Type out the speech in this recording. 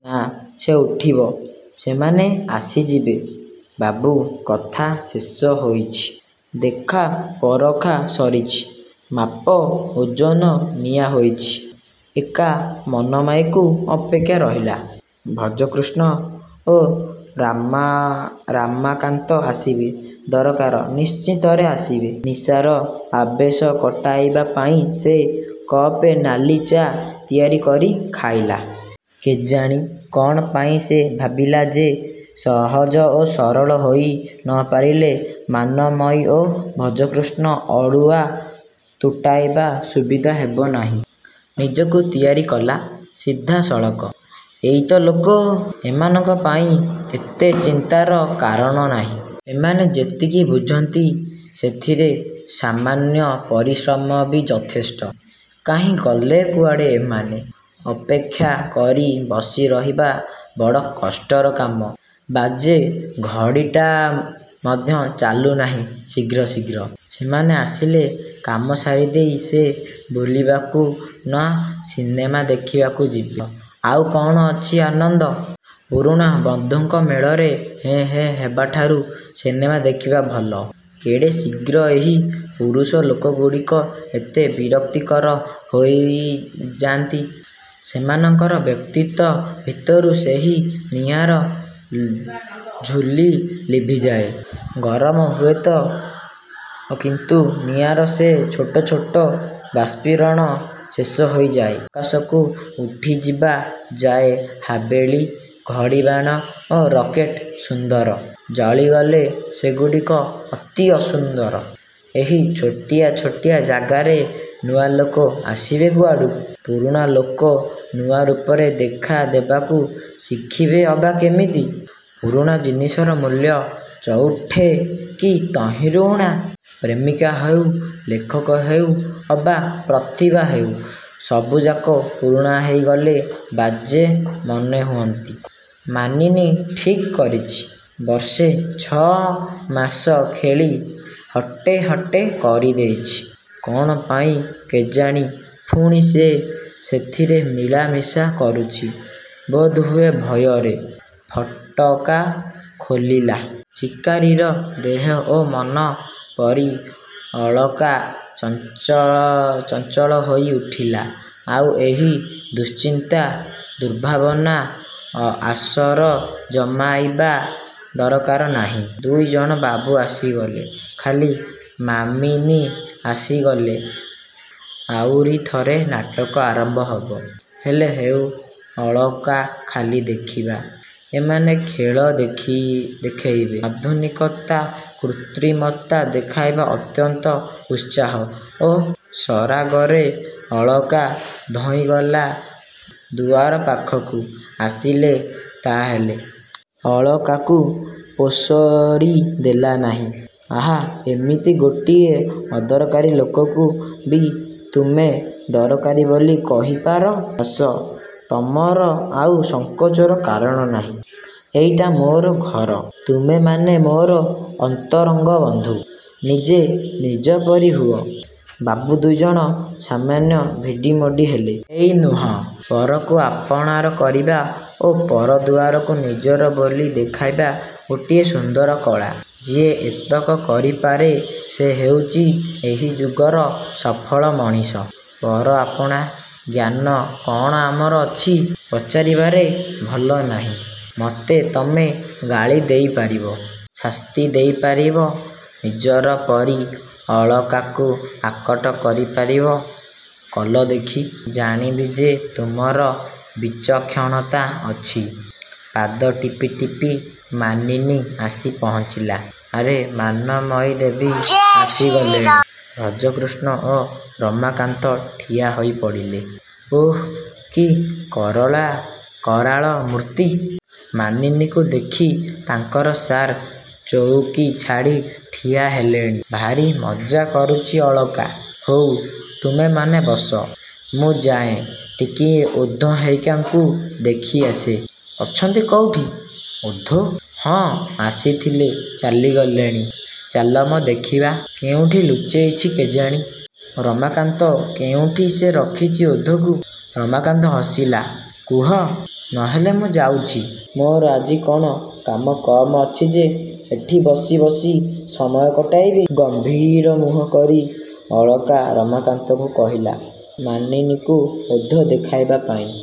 -ନା, ସେ ଉଠିବ। ସେମାନେ ଆସିଯିବେ। ସବୁ କଥା ଶେଷ ହୋଇଛି। ଦେଖା ପରଖା ସରିଛି। ମାପ ଓଜନ ନିଆ ହୋଇଛି। ଏକା ମାନମୟୀକୁ ଅପେକ୍ଷା ରହିଲା। ଭଜକୃଷ୍ଣ ଓ ରମାକାନ୍ତ ଆସିବା ଦରକାର-ନିଶ୍ଚିତରେ ଆସିବେ। ନିଶାର ଆବେଶ କଟାଇବା ପାଇଁ ସେ କପେ ନାଲି ଚା' ତିଆରି କରି ଖାଇଲା। କେଜାଣି କ'ଣ ପାଇଁ ସେ ଭାବିଲା ଯେ ସହଜ ଓ ସରଳ ହୋଇ ନ ପାରିଲେ ମାନମୟୀ ଓ ଭଜକୃଷ୍ଣର ଅଡ଼ୁଆ ତୁଟାଇବା ସୁବିଧା ହବ ନାହିଁ। ନିଜକୁ ତିଆରି କଲା-ସିଧା ସଳଖ। ଏଇ ତ ଲୋକ? ଏମାନଙ୍କ ପାଇଁ ଏତେ ଚିନ୍ତାର କାରଣ ନାହିଁ। ଏମାନେ ଯେତିକି ବୁଝନ୍ତି ସେଥିରେ ସାମାନ୍ୟ ପରିଶ୍ରମ ବି ଯଥେଷ୍ଟ। କାହିଁ ଗଲେ କୁଆଡ଼େ ଏମାନେ? ଅପେକ୍ଷାକରି ବସି ରହିବା ବଡ଼ କଷ୍ଟର କାମ। ବାଜେ ଘଡ଼ିଟା ମଧ୍ୟ ଚାଲୁନାହିଁ ଶୀଘ୍ର ଶୀଘ୍ର। ସେମାନେ ଆସିଲେ କାମ ସାରିଦେଇ ସେ ବୁଲିବାକୁ-ନା, ସିନେମା ଦେଖିବାକୁ-ଯିବ-। ଆଉ କ'ଣ ଅଛି ଆନନ୍ଦ? ପୁରୁଣା ବନ୍ଧୁଙ୍କ ମେଳରେ ହୋ ହୋ ହେବାଠାରୁ ସିନେମା ଦେଖିବା ଭଲ। କେଡ଼େ ଶୀଘ୍ର ଏହି ପୁରୁଷ ଲୋକଗୁଡ଼ାକ ଏତେ ବିରକ୍ତିକର ହୋଇଯାନ୍ତି। ସେମାନଙ୍କର ବ୍ୟକ୍ତିତ୍ୱ ଭିତରୁ ସେହି ନିଆଁର ଝୁଲ ଲିଭିଯାଏ। ଗରମ ହୁଏତ ରହେ କିନ୍ତୁ ନିଆଁର ସେହି ଛୋଟ ଛୋଟ ବିସ୍ଫୋରଣ ଶେଷ ହୋଇ ଯାଏ। ଆକାଶକୁ ଉଠୁଥିବା ଯାଏ ହାବେଳି, ଘଡ଼ିବାଣ ଓ ରକେଟ୍ ସୁନ୍ଦର। ଜଳିଗଲେ ସେଗୁଡ଼ାକ ଅତି ଅସୁନ୍ଦର। ଏହି ଛୋଟିଆ ଛୋଟିଆ ଜାଗାରେ ନୂଆ ଲୋକ ଆସିବେ କୁଆଡ଼ୁ? ପୁରୁଣା ଲୋକ ନୂଆ ରୂପରେ ଦେଖା ଦେବାକୁ ଶିଖିବେ ଅବା କେମିତି? ପୁରୁଣା ଜିନିଷର ମୂଲ୍ୟ ଚଉଠେ କି ତହିଁରୁ ଊଣା। ପ୍ରେମିକ ହେଉ, ଲେଖକ ହେଉ ଅବା ପ୍ରତିଭା ହେଉ-ସବୁଯାକ ପୁରୁଣା ହୋଇଗଲେ ବାଜେ ମନେ ହୁଅନ୍ତି। ମାନିନୀ ଠିକ୍ କରିଛି-। ବର୍ଷେ ଛ'ଅ ମାସ ଖେଳି ହଟୋ-ହଟୋ କରିଦେଇଛି। କ'ଣ ପାଇଁ କେଜାଣି ପୁଣି ସେ ସେଥିରେ ମିଳା ମିଶା କରୁଛି-ବୋଧହୁଏ ଭୟରେ। ଫାଟକ ଖୋଲିଲା। ଶିକାରୀର। ଦେହ ଓ ମନ ପରି ଅଳକା ଚଞ୍ଚଳହୋଇ ଉଠିଲା। ଆଉ ଏହି ଦୁଶ୍ଚିନ୍ତା-ଦୁର୍ଭାବନାର ଆସର ଜମାଇବା ଦରକାର ନାହିଁ। ଦୁଇଜଣ ବାବୁ ଆସିଗଲେ-ଖାଲି ମାନିନୀ ଆସିଗଲେ ଆଉରି ଥରେ ନାଟକ ଆରମ୍ଭ ହେବ। -ହେଲେ ହେଉ-ଅଳକା ଖାଲି ଦେଖିବ। ଏମାନେ ଖେଳ ଦେଖାଇବେ। ଆଧୁନିକତାର କୃତ୍ରିମତା ଦେଖାଇ ଅତ୍ୟନ୍ତ ଉତ୍ସାହ ଓ ସରାଗରେ ଅଳକା ଧାଇଁଗଲା ଦୁଆର ପାଖକୁ-ଆସିଲ ତାହାହେଲେ। ଅଳକାକୁ ପାଶୋରି ଦେଲ ନାହିଁ। ଆହା-ଏମିତି ଗୋଟାଏ ଅଦରକାରୀ ଲୋକକୁ ବି ତମେ ଦରକାରୀ ବୋଲି କହିପାର? -ଆସ। ତମର ଆଉ ସଂକୋଚର କାରଣ ନାହିଁ। ଏଇଟା ମୋର ଘର। ତମେମାନେ ମୋର ଅନ୍ତରଙ୍ଗ ବନ୍ଧୁ। ନିଜେ ନିଜ ପରି ହୁଅ। ବାବୁ ଦୁଇଜଣ ସାମାନ୍ୟ ଭିଡ଼ିମୋଡ଼ି ହେଲେ। -ଇଏ ନୁହଁ। ପରକୁ ଆପଣାର କରିବା ଓ ପର ଦୁଆରକୁ ନିଜର ବୋଲି ଦେଖାଇବା ଗୋଟାଏ ସୁନ୍ଦର କଳା। ଯିଏ ଏତକ କରିପାରେ ସେ ହେଉଛି ଏହି ଯୁଗର ସଫଳ ମଣିଷ। -ପର ଆପଣା ଜ୍ଞାନ କ'ଣ ଆମର ଅଛି? -ପଚାରିବାରେ ଲାଭ ନାହିଁ। ମତେ ତମେ ଗାଳି ଦେଇପାରିବ? ଶାସ୍ତି ଦେଇପାରିବ-? ନିଜର ପରି ଅଳକାକୁ ଆକଟ କରି ପାରିବ? -କଲ ଦେଖି। ଜାଣିବି ଯେ ତମର ବିଚକ୍ଷଣତା ଅଛି। ପାଦ ଟିପି ଟିପି ମାନିନୀ ଆସି ପହଞ୍ଚିଲା। -ଆରେ ମାନମୟୀ ଦେବୀ ଆସିଗଲେଣି। ଭଜକୃଷ୍ଣ ଓ ରମାକାନ୍ତ ଠିଆ ହେଇପଡ଼ିଲେ। -ଓଃ, କି କରାଳ ମୂର୍ତ୍ତି। ମାନିନୀକୁ ଦେଖି ତାଙ୍କର ସାର୍ ଚଉକୀ ଛାଡ଼ି ଠିଆ ହେଲେଣି-। -ଭାରି ମଜ୍ଜା କରୁଛି ଅଳକା। ହଉ ତୁମେମାନେ ବସ। ମୁଁ ଯାଏଁ ଟିକିଏ ଓଧ ହେରିକାଙ୍କୁ ଦେଖି ଆସେ। ଅଛନ୍ତି କେଉଁଠି? -ଓଧ? ହଁ ଆସିଥିଲେ ଚାଲିଗଲେଣି। -ଚାଲ ମ ଦେଖିବା। କେଉଁଠି ଲୁଚେଇଛି କେଜାଣି? -ରମାକାନ୍ତ, କେଉଁଠି ସେ ରଖିଛି ଓଧକୁ? ରମାକାନ୍ତ ହସିଲା। -କୁହ। ନହେଲେ ମୁଁ ଯାଉଛି। ମୋର ଆଜି କ'ଣ କାମ କମ୍ ଅଛି ଯେ ଏଠି ବସି ବସି ସମୟ କଟେଇବି? ଗମ୍ଭୀର ମୁହଁ କରି ଅଳକା ରମାକାନ୍ତକୁ କହିଲା ମାନିନୀକୁ ଓଧ ଦେଖାଇବା ପାଇଁ।